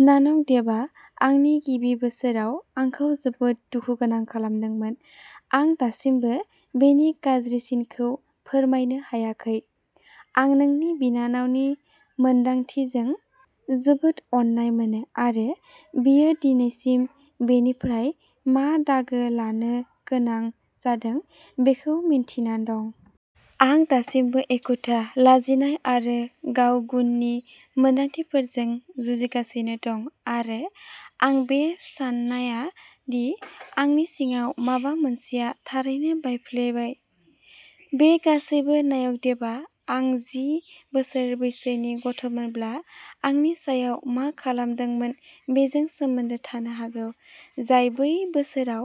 नानक देबआ आंनि गिबि बोसोराव आंखौ जोबोद दुखुगोनां खालामदोंमोन। आं दासिमबो बेनि गाज्रिसिनखौ फोरमायनो हायाखै। आं नोंनि बिनानावनि मोन्दांथिजों जोबोद अननाय मोनो आरो बियो दिनैसिम बेनिफ्राय मा दागो लानो गोनां जादों बेखौ मिन्थिना दं। आं दासिमबो एखुथा, लाजिनाय आरो गाव गुननि मोनदांथिफोरजों जुजिगासिनो दं आरो आं बे साननाया दि आंनि सिङाव माबा मोनसेआ थारैनो बायफ्लेबाय। बे गासैबो नायक देवआ आं जि बोसोर बैसोनि गथ'मोनब्ला आंनि सायाव मा खालामदोंमोन बेजों सोमोन्दो थानो हागौ, जाय बै बोसोराव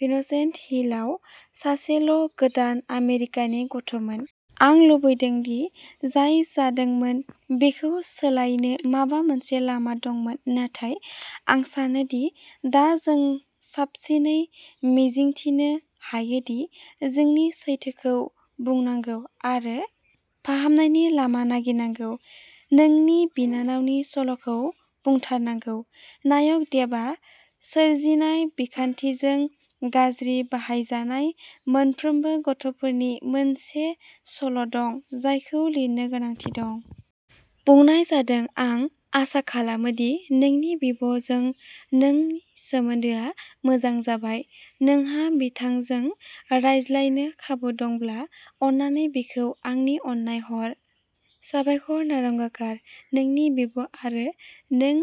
भिनसेन्ट हिलआव सासेल' गोदान आमेरिकानि गथ'मोन। आं लुबैदों दि जाय जादोंमोन बेखौ सोलायनो माबा मोनसे लामा दंमोन नाथाय आं सानो दि दा जों साबसिनै मिजिंथिनो हायोदि जोंनि सैथोखौ बुंनांगौ आरो फाहामनायनि लामा नागिरनांगौ। नोंनि बिनानावनि सल'खौ बुंथारनांगौ। नायक देवआ सोरजिनाय बिखान्थिजों गाज्रि बाहायजानाय मोनफ्रोमबो गथ'फोरनि मोनसे सल' दं जायखौ लिरनो गोनांथि दं। बुंनाय जादों आं आसा खालामो दि नोंनि बिब' जों नोंनि सोमोन्दोआ मोजां जाबाय। नोंहा बिथांजों रायज्लायनो खाबु दंब्ला, अन्नानै बिखौ आंनि अननाय हर। साबायखर नारंगकार नोंनि बिब' आरो नों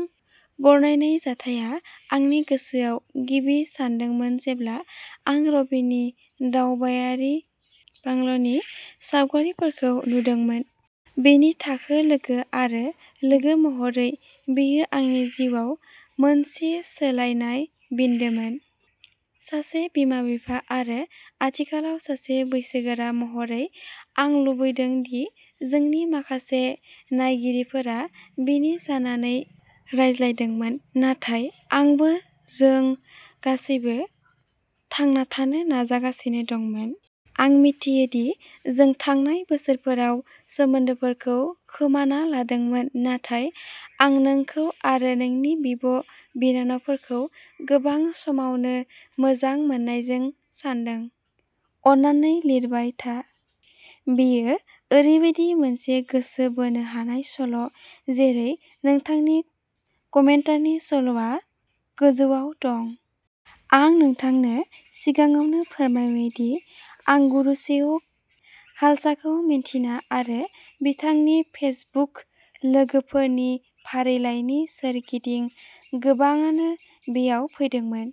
बरनायनाय जाथायआ आंनि गोसोआव गिबि सानदोंमोन जेब्ला आं रबिनि दावबायारि बांल'नि सावगारिफोरखौ नुदोंमोन। बिनि थाखो लोगो आरो लोगो महरै बेयो आंनि जिउआव मोनसे सोलायनाय बिन्दोमोन। सासे बिमा-बिफा आरो आथिखालाव सासे बैसोगोरा महरै, आं लुबैदों दि जोंनि माखासे नायगिरिफोरा बिनि जानानै रायज्लायदोंमोन नाथाय आंबो। जों गासैबो थांना थानो नाजागासिनो दंमोन। आं मिथियो दि जों थांनाय बोसोरफोराव सोमोन्दोफोरखौ खोमाना लादोंमोन नाथाय आं नोंखौ आरो नोंनि बिब'- बिनानावफोरखौ गोबां समावनो मोजां मोननायजों सानदों। अन्नानै लिरबाय था। बेयो ओरैबायदि मोनसे गोसो बोनो हानाय सल', जेरै नोंथांनि कमेन्टारनि सल'आ गोजौवाव दं। आं नोंथांनो सिगाङावनो फोरमायबाय दि आं गुरुसेवक खालसाखौ मिन्थिना आरो बिथांनि फेसबुक लोगोफोरनि फारिलाइनि सोरगिदिं गोबाङानो बेयाव फैदोंमोन।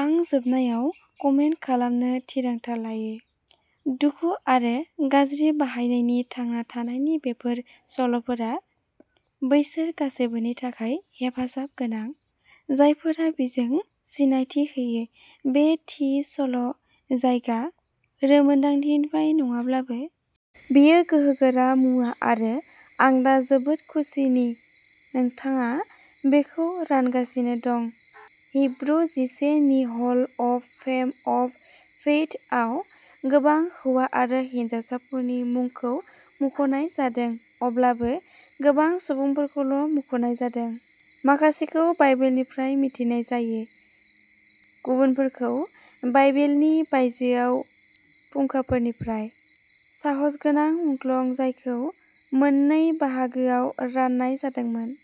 आं जोबनायाव कमेन्ट खालामनो थिरांथा लायो। दुखु आरो गाज्रि बाहायनायनि थांना थानायनि बेफोर सल'फोरा बैसोर गासैबोनि थाखाय हेफाजाब गोनां, जायफोरा बेजों सिनायथि होयो, बे थि सल' जायगा रोंमोनदांथिनिफ्राय नङाब्लाबो। बेयो गोहोगोरा मुवा आरो आं जोबोद खुसिनि नोंथाङा बेखौ रानगासिनो दं। हिब्रु जिसे नि hall of fame of faith आव गोबां हौवा आरो हिनजावसाफोरनि मुंखौ मुंख'नाय जादों, अब्लाबो गोबां सुबुंफोरखौल' मुंख'नाय जादों। माखासेखौ बाइबेलनिफ्राय मिथिनाय जायो, गुबुनफोरखौ बाइबेलनि बायजोआव फुंखाफोरनिफ्राय। साहसगोनां मुंख्लं जायखौ मोननै बाहागोआव रान्नाय जादोंमोन।